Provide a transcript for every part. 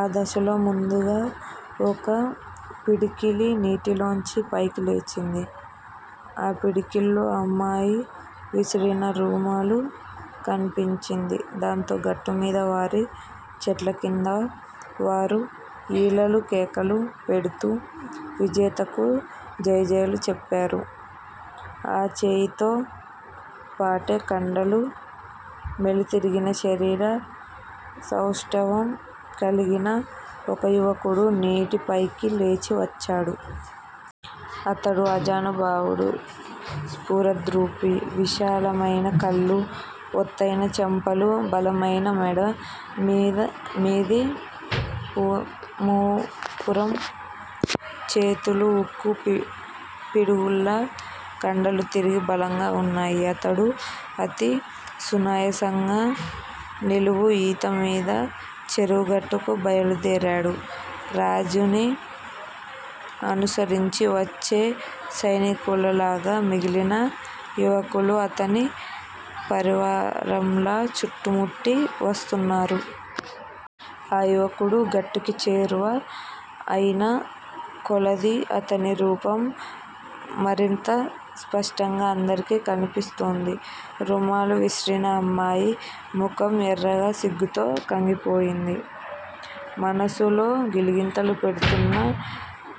ఆ దశలో ముందుగా ఒక పిడికిలి నీటిలోంచి పైకి లేచింది. ఆ పిడికిల్లో అమ్మాయి విసిరిన రుమాలు కన్పించింది. దాంతో గట్టు మీది వారి చెట్ల క్రింద వారు ఈలలు కేకలు పెడుతూ విజేతకు జేయ్ జేయ్లు చెప్పారు. ఆ చేయితో పాటే కండలు మెలి తిరిగిన శరీర సౌష్టవం కలిగిన ఒక యువకుడు నీటి పైకి లేచి వచ్చాడు. అతడు ఆజానుబావుడు స్ఫురద్రూపి, విశాలమయిన కళ్ళు, ఒత్తయిన చెంపలు, బలమయిన మెడ మీది మూపురం! చేతులు ఉక్కు పిడుగుల్లా కండలు తిరిగి బలంగా వున్నాయి. అతడు అతి సునాయాసంగా నిలువు ఈత మీద చెరువు గట్టుకు బయలుదేరాడు. రాజుని అనుసరించి వచ్చే సైనికుల లాగా మిగిలిన యువకులు అతని పరివారంలా చుట్టుముట్టి వస్తున్నారు. ఆ యువకుడు గట్టుకి చేరువ అయిన కొలదీ అతని రూపం మరింత స్పష్టంగా అందరికీ కన్పిస్తోంది. రుమాలు విసిరిన అమ్మాయి ముఖం ఎర్రగా సిగ్గుతో కందిపోయింది. మనసులో గిలిగింతలు పెడుతున్న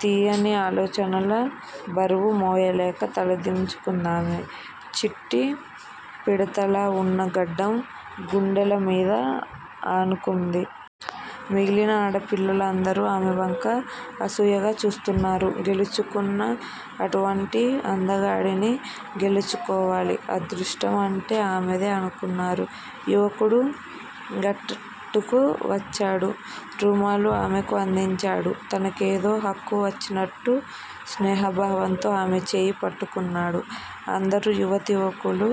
తీయని ఆలోచనల బరువు మోయలేక తలదించుకుందామె. చిట్టి పిడతలా వున్న గడ్డం గుండెల మీద ఆనుకుంది. మిగిలిన ఆడపిల్లలు అందరూ ఆమె వంక అసూయగా చూస్తున్నారు. గెలుచుకున్నా అటువంటి అందగాడిని గెలుచుకోవాలి. అదృష్టం అంటే ఆమెదే అనుకున్నారు. యువకుడు గట్టుకు వచ్చాడు. రుమాలు ఆమెకు అందించాడు. తనకేదో హక్కు వచ్చినట్టు స్నేహభావంతో ఆమె చేయి పట్టుకున్నాడు. అందరు యువతీ యువకులు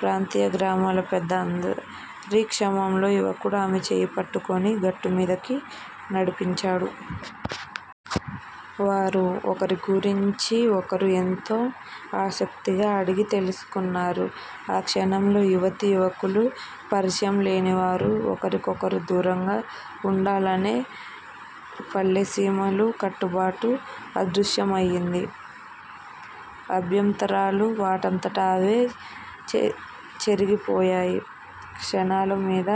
ప్రాంతీయ గ్రామాల పెద్దలు అందరి సమక్షంలో యువకుడు ఆమె చేయి పట్టుకుని గట్టుమీదకి నడిపించాడు. వారు ఒకరి గురించి ఒకరు ఎంతో ఆసక్తిగా అడిగి తెలుసుకున్నారు. ఆ క్షణంలో యువతీ యువకులు పరిచయం లేనివారు ఒకరికొకరు దూరంగా వుండాలనే పల్లెసీమల కట్టుబాటు అదృశ్యమయింది. అభ్యంతరాలు వాటంతట అవే చెరిగిపోయాయి! క్షణాల మీద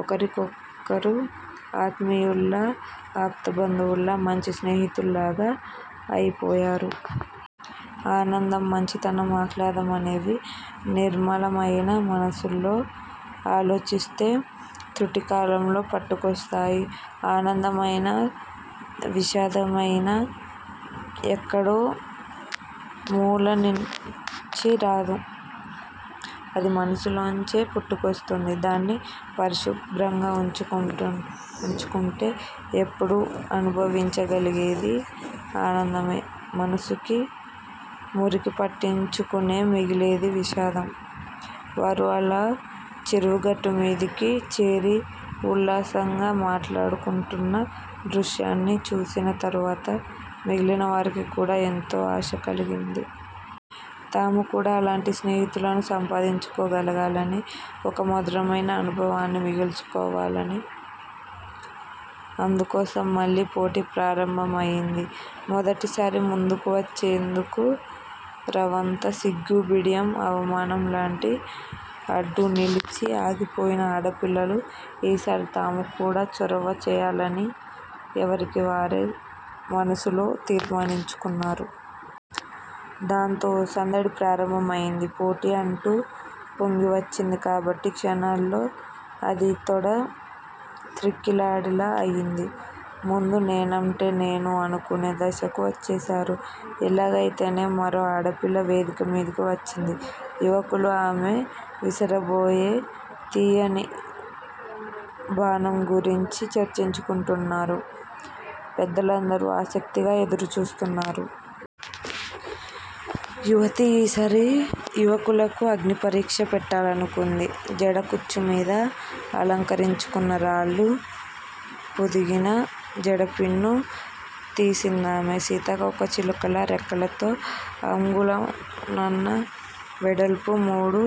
ఒకరికొకరు ఆత్మీయుల్లా ఆప్త బంధువుల్లా మంచి స్నేహితుల్లాగా అయిపోయారు. ఆనందం, మంచితనం, ఆహ్లాదం అనేవి నిర్మలమయిన మనసులో ఆలోచిస్తే తృటికాలంలో పుట్టుకొస్తాయి. ఆనందమయినా, విషాదమయినా ఎక్కడో మూలనించి రాదు. అది మనసులోంచే పుట్టుకొస్తుంది. దాన్ని పరిశుభ్రంగా వుంచుకుంటే ఎప్పుడూ అనుభవించగలిగేది ఆనందమే! మనసుకి మురికి పట్టించుకునే మిగిలేది విషాదం!! వారు అలా చెరువు గట్టు మీదికి చేరి ఉల్లాసంగా మాటలాడుకుంటున్న దృశ్యాన్ని చూచిన తరువాత మిగిలిన వారికి కూడా ఎంతో ఆశ కలిగింది. తాము కూడా అలాంటి స్నేహితులను సంపాదించుకోగలగాలి! అని ఒక మధురమయిన అనుభవాన్ని మిగుల్చుకోవాలి! అని అందుకోసం మళ్ళీ పోటీ ప్రారంభమయింది! మొదటిసారి ముందుకు వచ్చేందుకు రవంత సిగ్గు, బిడియం, అవమానం లాంటివి అడ్డు నిలిచి ఆగిపోయిన ఆడపిల్లలు ఈసారి తాము కూడా చొరవ చేయాలని ఎవరికివారే మనసులో తీర్మానించుకున్నారు. దాంతో సందడి ప్రారంభమయింది. పోటీ అంటూ పొంగి వచ్చింది కాబట్టి క్షణాల్లో అది తొడ త్రొక్కిలాడిలా అయింది. ముందు నేనంటే నేను అనుకునే దశకు వచ్చేశారు. ఎలాగయితేనేం మరో ఆడపిల్ల వేదిక మీదికి వచ్చింది. యువకులు ఆమె విసరబోయే తీయని బాణం గురించి చర్చించుకుంటున్నారు. పెద్దలందరూ ఆసక్తిగా ఎదురు చూస్తున్నారు. యువతి ఈసారి యువకులకు అగ్నిపరీక్ష పెట్టాలనుకుంది. జడ కుచ్చు మీద అలంకరించుకున్న రాళ్ళు పొదిగిన జడపిన్ను తీసిందామె. సీతాకోక చిలుకలా రెక్కలతో అంగుళంన్న వెడల్పు మూడు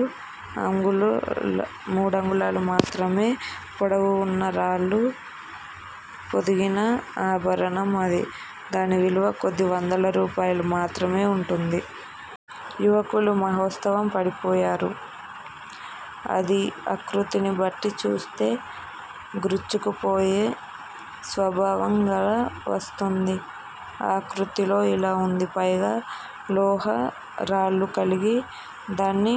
అంగుళాలు మాత్రమే పొడవు ఉన్న రాళ్ళు పొదిగిన ఆభరణం అది! దాని విలువ కొద్ది వందల రూపాయల మాత్రమే ఉంటుంది. యువకులు మహోత్సాహం పడిపోయారు. అది ఆకృతిని బట్టి చూస్తే గ్రుచ్చుకుపోయే స్వభావం కల వస్తుంది. ఆకృతిలో అలా ఉంది. పైగా లోహం రాళ్ళు కలిసి దాన్ని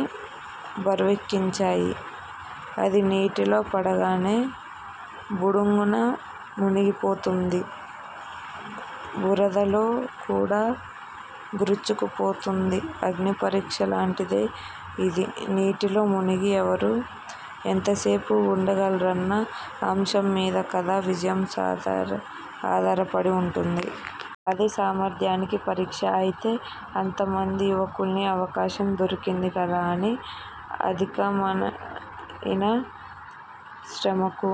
బరువెక్కించాయి. అది నీటిలో పడగానే బుడుంగున మునిగిపోతుంది. బురదలో కూడా గ్రుచ్చుకుపోతుంది. అగ్ని పరీక్షలాంటిదే ఇది! నీటిలో మునిగి ఎవరు ఎంతసేపు ఉండగలరన్న అంశం మీద కదా విజయం ఆధారపడి ఉంటుంది. అదే సామర్ధ్యానికి పరీక్ష. అయితే అంతమంది యువకుల్ని అవకాశం దొరికింది కదా అని అధికమయిన శ్రమకు